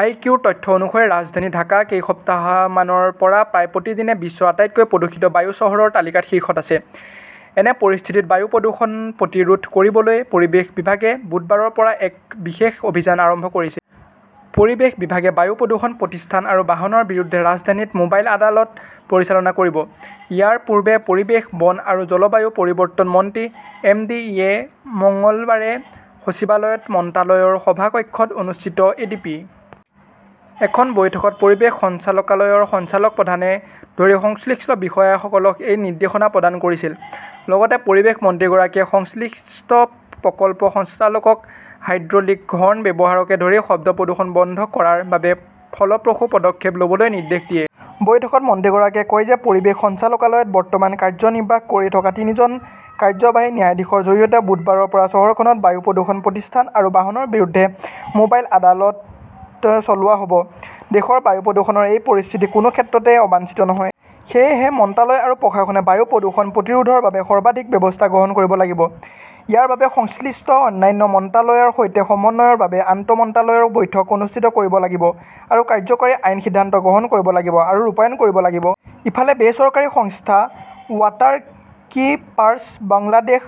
আই. Q. ৰ তথ্য অনুসৰি, ৰাজধানী ঢাকা কেইসপ্তাহমানৰ পৰা প্ৰায় প্ৰতিদিনে বিশ্বৰ আটাইতকৈ প্ৰদূষিত বায়ু চহৰৰ তালিকাত শীৰ্ষত আছে। এনে পৰিস্থিতিত বায়ু প্ৰদূষণ প্ৰতিৰোধ কৰিবলৈ পৰিৱেশ বিভাগে বুধবাৰৰ পৰা এক বিশেষ অভিযান আৰম্ভ কৰিছে। পৰিৱেশ বিভাগে বায়ু প্ৰদূষণ প্ৰতিষ্ঠান আৰু বাহনৰ বিৰুদ্ধে ৰাজধানীত মোবাইল আদালত পৰিচালনা কৰিব। ইয়াৰ পূৰ্বে, পৰিৱেশ, বন আৰু জলবায়ু পৰিৱৰ্তন মন্ত্ৰী এম. ডি. য়ে মঙলবাৰে সচিবালয়ত মন্ত্ৰালয়ৰ সভা কক্ষত অনুষ্ঠিত এ. ডি. পি. ৰ এখন বৈঠকত পৰিৱেশ সঞ্চালকালয়ৰ সঞ্চালক প্ৰধানকে ধৰি সংশ্লিষ্ট বিষয়াসকলক এই নিৰ্দেশনা প্ৰদান কৰিছিল। লগতে পৰিৱেশ মন্ত্ৰীগৰাকীয়ে সংশ্লিষ্ট প্ৰকল্প সঞ্চালকক হাইড্ৰলিক হৰ্ন ব্যৱহাৰকে ধৰি শব্দ প্ৰদূষণ বন্ধ কৰাৰ বাবে ফলপ্ৰসূ পদক্ষেপ ল'বলৈ নিৰ্দেশ দিয়ে। বৈঠকত মন্ত্ৰীগৰাকীয়ে কয় যে, পৰিৱেশ সঞ্চালকালয়ত বৰ্তমান কাৰ্যনিৰ্বাহ কৰি থকা তিনিজন কাৰ্যবাহী ন্যায়াধীশৰ জৰিয়তে বুধবাৰৰ পৰা চহৰখনত বায়ু প্ৰদূষণ প্ৰতিষ্ঠান আৰু বাহনৰ বিৰুদ্ধে মোবাইল আদালত চলোৱা হ'ব। দেশৰ বায়ু প্ৰদূষণৰ এই পৰিস্থিতি কোনো ক্ষেত্ৰতে অবাঞ্ছিত নহয়। সেয়েহে, মন্ত্ৰালয় আৰু প্ৰশাসনে বায়ু প্ৰদূষণ প্ৰতিৰোধৰ বাবে সৰ্বাধিক ব্যৱস্থা গ্ৰহণ কৰিব লাগিব। ইয়াৰ বাবে সংশ্লিষ্ট অন্যান্য মন্ত্ৰালয়ৰ সৈতে সমন্বয়ৰ বাবে আন্তঃ মন্ত্ৰালয়ৰ বৈঠক অনুষ্ঠিত কৰিব লাগিব আৰু কাৰ্যকৰী আইনী সিদ্ধান্ত গ্ৰহণ কৰিব লাগিব আৰু ৰূপায়ণ কৰিব লাগিব। ইফালে, বেচৰকাৰী সংস্থা ৱাটাৰকীপাৰ্ছ বাংলাদেশ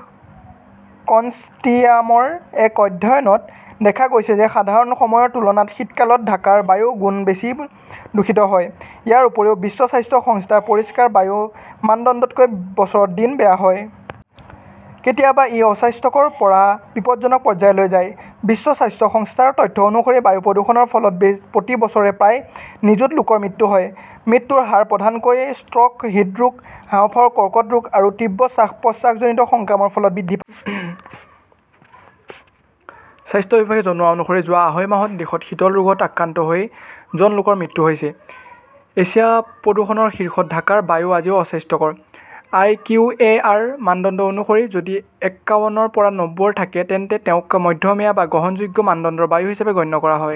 কনচৰ্টিয়ামৰ এক অধ্যয়নত দেখা গৈছে যে সাধাৰণ সময়ৰ তুলনাত শীতকালত ঢাকাৰ বায়ু গুণ বেছি দূষিত হয়। ইয়াৰ উপৰিও, বিশ্ব স্বাস্থ্য সংস্থাৰ পৰিষ্কাৰ বায়ুৰ মানদণ্ডতকৈ বছৰত দিন বেয়া হয়। কেতিয়াবা ই অস্বাস্থ্যকৰৰ পৰা বিপদজনক পৰ্যায়লৈ যায়। বিশ্ব স্বাস্থ্য সংস্থাৰ তথ্য অনুসৰি, বায়ু প্ৰদূষণৰ ফলত প্ৰতি বছৰে প্ৰায় নিযুত লোকৰ মৃত্যু হয়। মৃত্যুৰ হাৰ প্ৰধানকৈ ষ্ট্ৰ 'ক, হৃদৰোগ, হাঁওফাঁওৰ কৰ্কট ৰোগ আৰু তীব্ৰ শ্বাস-প্ৰশ্বাসজনিত সংক্ৰমণৰ ফলত বৃদ্ধি পায়। স্বাস্থ্য বিভাগে জনোৱা অনুসৰি যোৱা আঢ়ৈ মাহত দেশত শীতল ৰোগত আক্ৰান্ত হৈ জন লোকৰ মৃত্যু হৈছে। এছিয়া প্ৰদূষণৰ শীৰ্ষত ঢাকাৰ বায়ু আজিও অস্বাস্থ্যকৰ। আই. কিউ. এ. আৰ. মানদণ্ড অনুসৰি, যদি এক্কাৱনৰ পৰা নম্বৰ থাকে তেন্তে তেওঁক মধ্যমীয়া বা গ্ৰহণযোগ্য মানদণ্ডৰ বায়ু হিচাপে গণ্য কৰা হয়।